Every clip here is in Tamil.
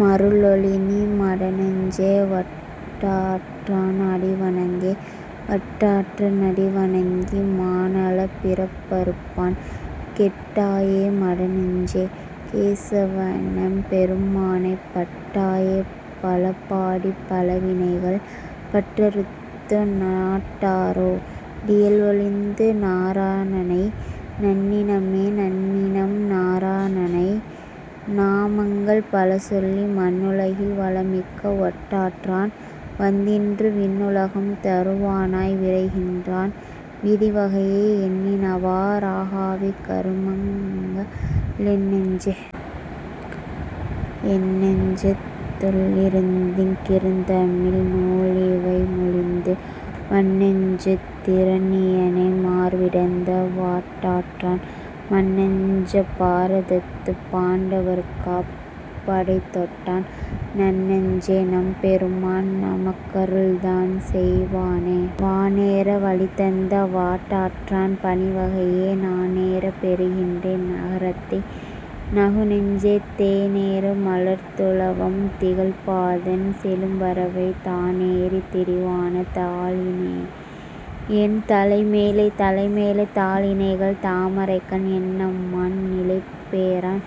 மருளொழிநீ மடநெஞ்சே. வாட்டாற்றான் அடிவணங்கே.. வாட்டாற்றா னடிவணங்கி மாஞாலப் பிறப்பறுப்பான் கேட்டாயே மடநெஞ்சே. கேசவனெம் பெருமானை பாட்டாய பலபாடிப் பழவினைகள் பற்றறுத்து நாட்டாரோ டியல்வொழிந்து நாரணனை நண்ணினமே.. நண்ணினம் நாரணனை நாமங்கள் பலசொல்லி மண்ணுலகில் வளம்மிக்க வாட்டாற்றான் வந்தின்று விண்ணுலகம் தருவானாய் விரைகின்றான் விதிவகையே எண்ணினவா றாகாவிக் கருமங்க ளென்னெஞ்சே.. என்னெஞ்சத் துள்ளிருந்திங் கிருந்தமிழ்நூலிவைமொழிந்து வன்னெஞ்சத் திரணியனை மார்விடந்த வாட்டாற்றான் மன்னஞ்சப் பாரதத்துப் பாண்டவர்க்காப் படைதொட்டான் நன்னெஞ்சே. நம்பெருமான் நமக்கருள்தான் செய்வானே.. வானேற வழிதந்த வாட்டாற்றான் பணிவகையே நானேறப் பெறுகின்றென் நரகத்தை நகுநெஞ்சே தேனேறு மலர்த்துளவம் திகழ்பாதன் செழும்பறவை தானேறித் திரிவான தாளிணையென் தலைமேலே.. தலைமேல தாளிணைகள் தாமரைக்கண் என்னம்மான் நிலைபேரான்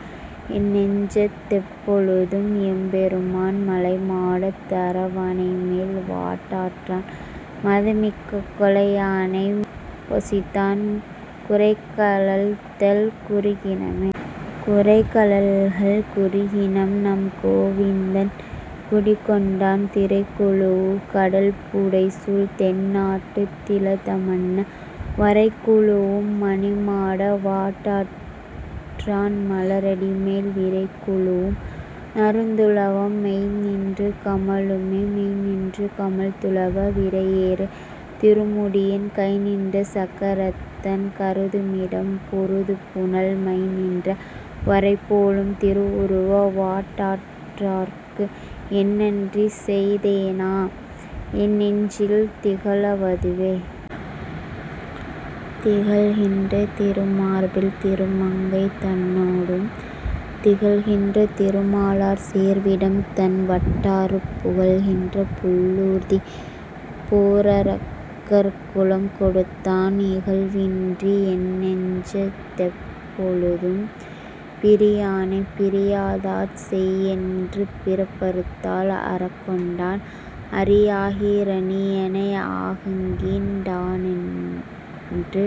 என்நெஞ்சத் தெப்பொழுதும் எம்பெருமான் மலைமாடத் தரவணைமேல் வாட்டாற்றான் மதமிக்க கொலையானை மருப்பொசித்தான் குரைகழல்தள் குறுகினமே.. குரைகழல்கள் குறுகினம் நம் கோவிந்தன் குடிகொண்டான் திரைகுழுவு கடல்புடைசூழ் தென்னாட்டுத் திலதமன்ன வரைகுழுவும் மணிமாட வாட்டாற்றான் மலரடிமேல் விரைகுழுவும் நறுந்துளவம் மெய்ந்நின்று கமழுமே.. மெய்ந்நின்று கமழ்துளவ விரையேறு திருமுடியன் கைந்நின்ற சக்கரத்தன் கருதுமிடம் பொருதுபுனல் மைந்நின்ற வரைபோலும் திருவுருவ வாட்டாற்றாற்கு எந்நன்றி செய்தேனா என்னெஞ்சில் திகழவதுவே?. திகழ்கின்ற திருமார்பில் திருமங்கை தன்னோடும் திகழ்கின்ற திருமாலார் சேர்விடம்தண் வாட்டாறு புகழ்கின்ற புள்ளூர்தி போரரக்கர் குலம்கெடுத்தான் இகழ்வின்றி என்னெஞ்சத் தெப்பொழுதும் பிரியானே.. பிரியாதாட் செய்யென்று பிறப்பறுத்தாள் அறக்கொண்டான் அரியாகி இரணியனை ஆகங்கீண் டானன்று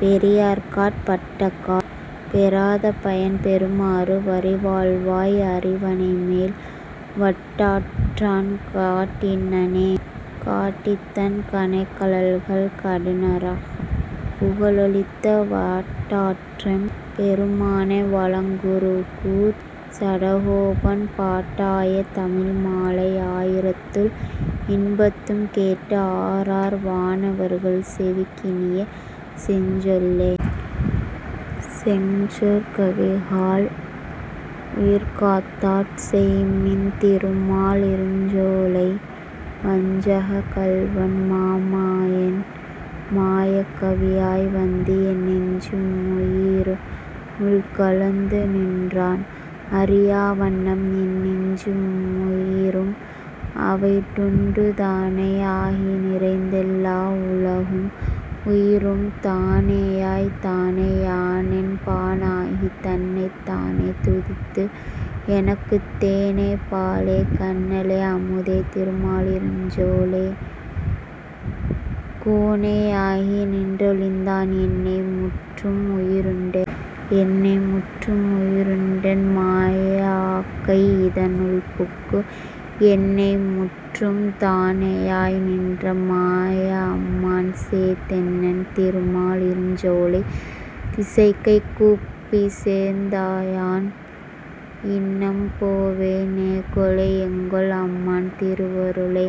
பெரியார்க்காட் பட்டக்கால் பெறாதபயன் பெறுமாறு வரிவாள்வாய் அரவணைமேல் வாட்டாற்றான் காட்டினனே.. காட்டித்தன் கனைகழல்கள் கடுநரகம் புகலொழித்த வாட்டாற்றெம் பெருமானை வளங்குருகூர்ச் சடகோபன் பாட்டாய தமிழ்மாலை யாயிரத்துள் இப்பத்தும் கேட்டு ஆரார் வானவர்கள் செவிக்கினிய செஞ்சொல்லே. செங்சொற் கவிகாள். உயிர்காத்தாட் செய்மின் திருமா லிருஞ்சோலை வஞ்சக் கள்வன் மாமாயன் மாயக் கவியாய் வந்து என் நெஞ்சு முயிரு முள்கலந்து நின்றார் அறியா வண்ணம் என் நெஞ்சு முயிரும் அவைடுண்டு தானே யாகி நிறைந்தெல்லா உலகும் உயிரும் தானேயாய் தானே யானென் பானாகித் தன்னைத் தானே துதித்து எனக்குத் தேனே பாலே கன்னலே அமுதே திருமாலிருஞ்சோலை கோனே யாகி நின்றொழிந்தான் என்னை முற்றும் உயிருண்டே.. என்னை முற்றும் உயிருண்டென் மாய ஆக்கை யிதனுள்புக்கு என்னை முற்றும் தானேயாய் நின்ற மாய அம்மான் சேர் தென்னன் திருமா லிருஞ்சோலைத் திசைகை கூப்பிச் தேர்ந்தயான் இன்னம் போவே னேகொல. எங்கொல் அம்மான் திருவருளே?.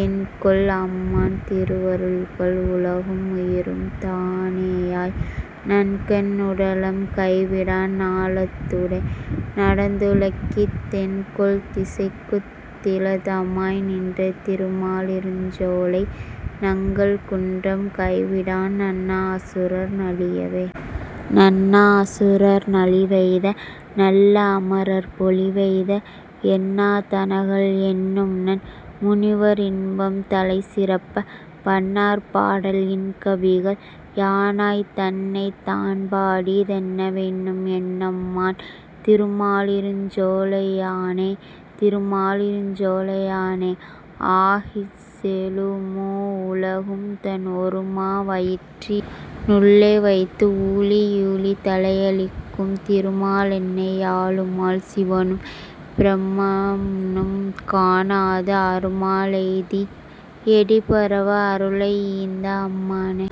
என்கொல் அம்மான் திருவருள்கள்? உலகும் உயிரும் தானேயாய் நன்கென் னுடலம் கைவிடான் ஞாலத் தூடே நடந்துழக்கி தென்கொள் திசைக்குத் திலதமாய் நின்ற திருமாலிருஞ்சோலை நங்கள் குன்றம் கைவிடான் நண்ணா அசுரர் நலியவே.. நண்ணா அசுரர் நலிவெய்த நல்ல அமரர் பொலிவெய்த எண்ணா தனகள் எண்ணும்நன் முனிவ ரின்பம் தலைசிறப்ப பண்ணார் பாடல் இன்கவிகள் யானாய்த் தன்னைத் தான்பாடி தென்னா வென்னும் என்னம்மான் திருமாலிருஞ்சோலையானே.. திருமாலிருஞ்சோலையானே ஆகிச் செழுமூ வுலகும் தன் ஒருமா வயிற்றி னுள்ளேவைத்து ஊழி யூழி தலையளிக்கும் திருமாலென்னை யாளுமால் சிவனும் பிரமனும்காணாது அருமா லெய்தி யடிபரவ அருளை யீந்த அம்மானே..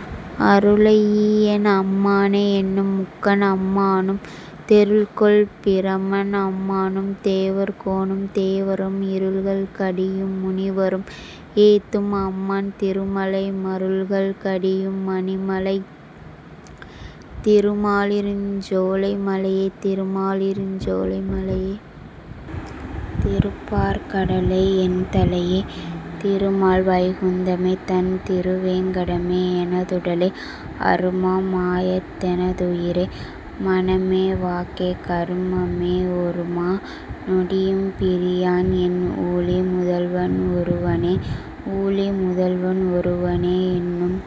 அருளை ஈயென் அம்மானே. என்னும் முக்கண் அம்மானும் தெருள்கொள் பிரமன் அம்மானும் தேவர் கோனும் தேவரும் இருள்கள் கடியும் முனிவரும் ஏத்தும் அம்மான் திருமலை மருள்கள் கடியும் மணிமலை திருமாலிருஞ்சோலைமலையே.. திருமாலிருஞ்சோலைமலையே திருப்பாற் கடலே என்தலையே திருமால்வைகுந்தமே தண் திருவேங்கடமே எனதுடலே அருமா மாயத் தெனதுயிரே மனமே வாக்கே கருமமே ஒருமா நொடியும் பிரியான் என் ஊழி முதல்வன் ஒருவனே.. ஊழி முதல்வன் ஒருவனே என்னும்